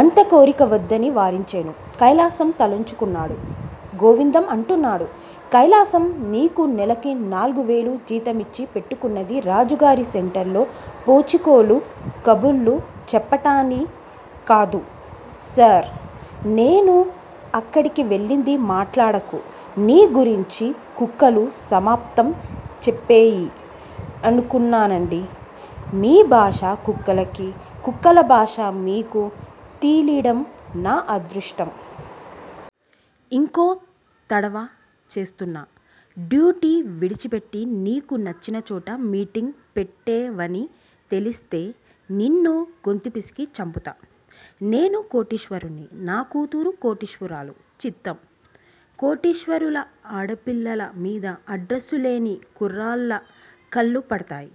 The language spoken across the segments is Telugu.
అంత కోరిక వద్దని వారించేను. కైలాసం తలొంచుకున్నాడు. గోవిందం అంటున్నాడు కైలాసం! నీకు నెలకి నాలుగు వేలు జీతమిచ్చి పెట్టుకున్నది రాజుగారి సెంటర్లో పోచికోలు ఖబుర్లు చెప్పడాని క్కాదు! సార్! నేను అక్కడికి వెళ్లింది మాట్లాడకు! నీ గురించి కుక్కలు సమస్తం చెప్పేయి! అనుకున్నానండీ! మీ భాష కుక్కలకీ, కుక్కల భాష మీకూ తీలీడం నా దురదృష్టం! ఇంకో తడవ చేస్తున్న డ్యూటీ విడిచిపెట్టి నీకు నచ్చిన చోట మీటింగు పెట్టేవని తెలుస్తే నిన్ను గొంతు పిసికి చంపుతా! నేను కోటీశ్వరుణ్ని. నా కూతురు కోటీశ్వరురాలు! చిత్తం! కోటీశ్వరుల ఆడపిల్లల మీద అడ్రస్సు లేని కుర్రాళ్ల కళ్లు పడతాయి.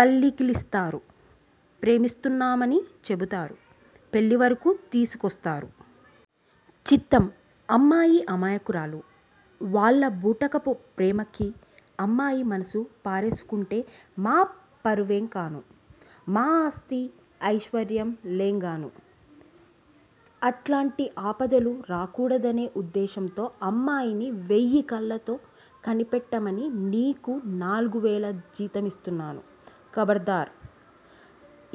పళ్లికిలిస్తారు. ప్రేమిస్తున్నామని చెబుతారు. పెళ్లివరకు తీసుకొస్తారు. చిత్తం! అమ్మాయి అమాయకురాలు. వాళ్ల బూటకపు ప్రేమకి అమ్మాయి మనసు పారేసుకుంటే, మా పరువేంగాను? మా ఆస్తీ, ఐశ్వర్యలేంగాను? అట్లాంటి ఆపదలు రాకూడదనే ఉద్దేశంతో అమ్మాయిని వెయ్యి కళ్లతో కనిపెట్టమని నీకు నాలుగు వేల జీత మిస్తున్నాను. ఖబడ్దార్!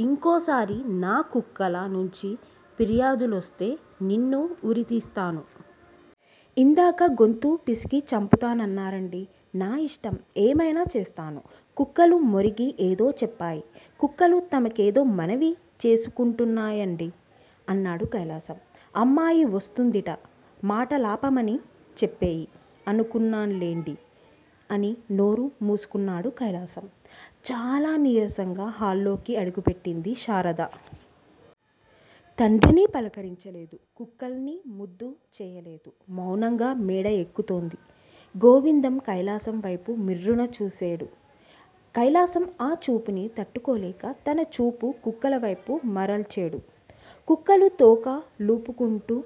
ఇంకోసారి నా కుక్కల నుంచి ఫేర్యాదులోస్తే నిన్ను ఉరితీస్తాను. ఇందాక గొంతు పిసికి చంపుతా నాన్నారండి! నా ఇష్టం! ఏమైనా చేస్తాను! కుక్కలు మొరిగి ఏదో చెప్పాయి. కుక్కలు తమ కేదో మనవి చేసుకుంటున్నాయండి! అన్నాడు కైలాసం. అమ్మాయి వస్తోందిట మాటలాపమని చెప్పేయి. అనుకున్నాన్లేండి! అని నోరు మూసుకున్నాడు కైలాసం. చాలా నీరసంగా హాల్లోకి అడుగుపెట్టింది శారద. తండ్రిని పలకరించలేదు. కుక్కల్ని ముద్దు చేయలేదు. మౌనంగా మేడ ఎక్కుతోంది! గోవిందం కైలాసం వేపు మిర్రున చూసేడు. కైలాసం ఆ చూపుని తట్టుకోలేక, తన చూపు కుక్కల వేపు మరల్చేడు. కుక్కలు తోక లూపుకుంటో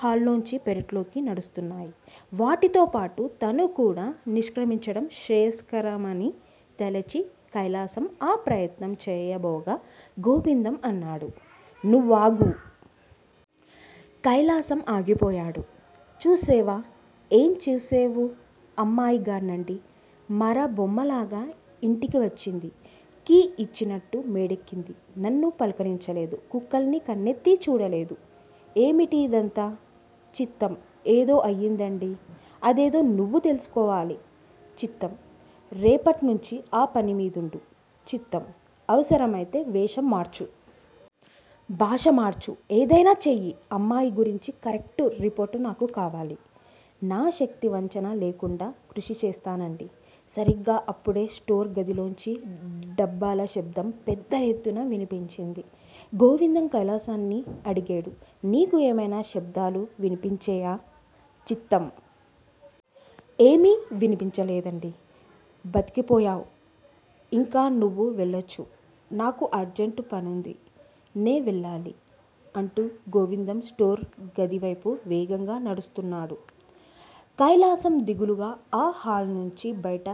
హాల్లోంచి పెరట్లోకి నడుస్తున్నాయి వాటితోపాటు తాను కూడా నిష్ర్కమించడం శ్రేయస్కరమని తలచి కైలాసం ఆ ప్రయత్నం చేయబోగా గోవిందం అన్నాడు- నువ్వాగు! కైలాసం ఆగిపోయాడు. చూసేవా? ఏం చూసేవు? అమ్మాయి గార్నండి! మర బొమ్మలాగా ఇంటికి వచ్చింది. కీ ఇచ్చినట్టు మేడెక్కింది. నన్ను పలకరించలేదు. కుక్కల్ని కన్నెత్తి చూడలేదు. ఏమిటిదంతా? చిత్తం! ఏదో అయ్యిందండి! అదేదో నువ్వు తెలుసుకోవాలి! చిత్తం! రేపట్నించి ఆ పని మీదుండు! చిత్తం! అవసరమైతే వేషం మార్చు. భాష మార్చు. ఏదైనా చెయ్యి! అమ్మాయి గురించి కరెక్టు రిపోర్టు నాకు కావాలి! నా శక్తి వంచన లేకుండా కృషి చేస్తానండి! సరిగ్గ అప్పుడే స్టోరు గదిలోంచి డబ్బాల శబ్దం పెద్ద ఎత్తున వినిపించింది. గోవిందం కైలాసాన్ని అడిగేడు నీకు ఏవైనా శబ్దాలు వినిపించేయా? చిత్తం! ఏమీ వినిపించలేదండి. బతికి పోయావ్! ఇంక నువ్వు వెళ్లచ్చు! నాకు అర్జంటు పనుంది. నేవెళ్లాలి! అంటూ గోవిందం స్టోరు గది వైపు వేగంగా నడుస్తున్నాడు. కైలాసం దిగులుగా ఆ హాలు నుంచి బయట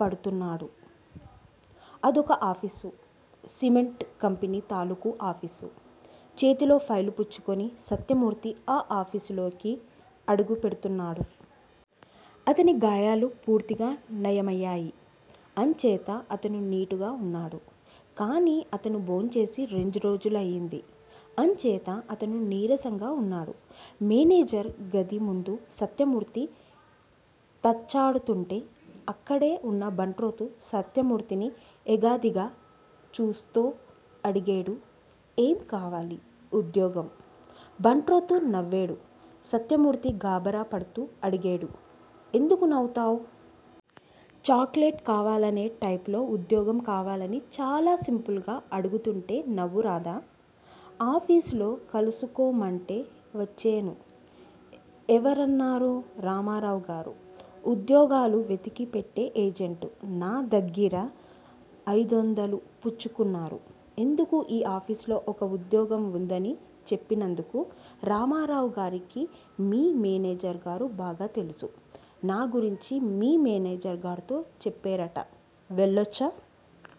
పడుతున్నాడు. అదొక ఆఫీసు. సిమెంటు కంపెనీ తాలూకు ఆఫీసు! చేతిలో ఫైలు పుచ్చుకుని సత్యమూర్తి ఆ ఆఫీసులోకి అడుగు పెడుతున్నాడు. అతని గాయాలుపూర్తిగా నయమయ్యేయి. అంచేత అతను నీటుగా వున్నాడు. కానీ, అతను భోంచేసి రెండ్రోజులైంది. అంచేత అతను నీరసంగా వున్నాడు. మేనేజరు గది ముందు సత్యమూర్తి తచ్చాడుతుంటే, అక్కడే ఉన్న బంట్రోతు సత్యమూర్తిని ఎగాదిగా చూస్తో అడిగేడు ఏం కావాలి? ఉద్యోగం. బంట్రోతు నవ్వేడు. సత్యమూర్తి గాబరా పడుతూ అడిగేడు- ఎందుకు నవ్వుతావ్? చాక్ లెట్ కావాలనే టైపులో ఉద్యోగం కావాలని చాలా సింపుల్ గా అడుగుతుంటే నవ్వు రాదా? ఆఫీసులో కలుసుకోమంటే వచ్చేను. ఎవరన్నారు? రామారావుగారు. ఉద్యోగాలు వెతికి పెట్టె ఏజెంటు. నా దగ్గిర అయిదొందలు పుచ్చుకున్నారు. ఎందుకు ఈ ఆఫీసులో ఒక ఉద్యోగం వుందని చెప్పినందుకు. రామారావుగారికి మీ మేనేజరు గారు బాగా తెలుసు. నా గురించి మీ మేనేజరు గార్తో చెప్పేరట. వెళ్లచ్చా?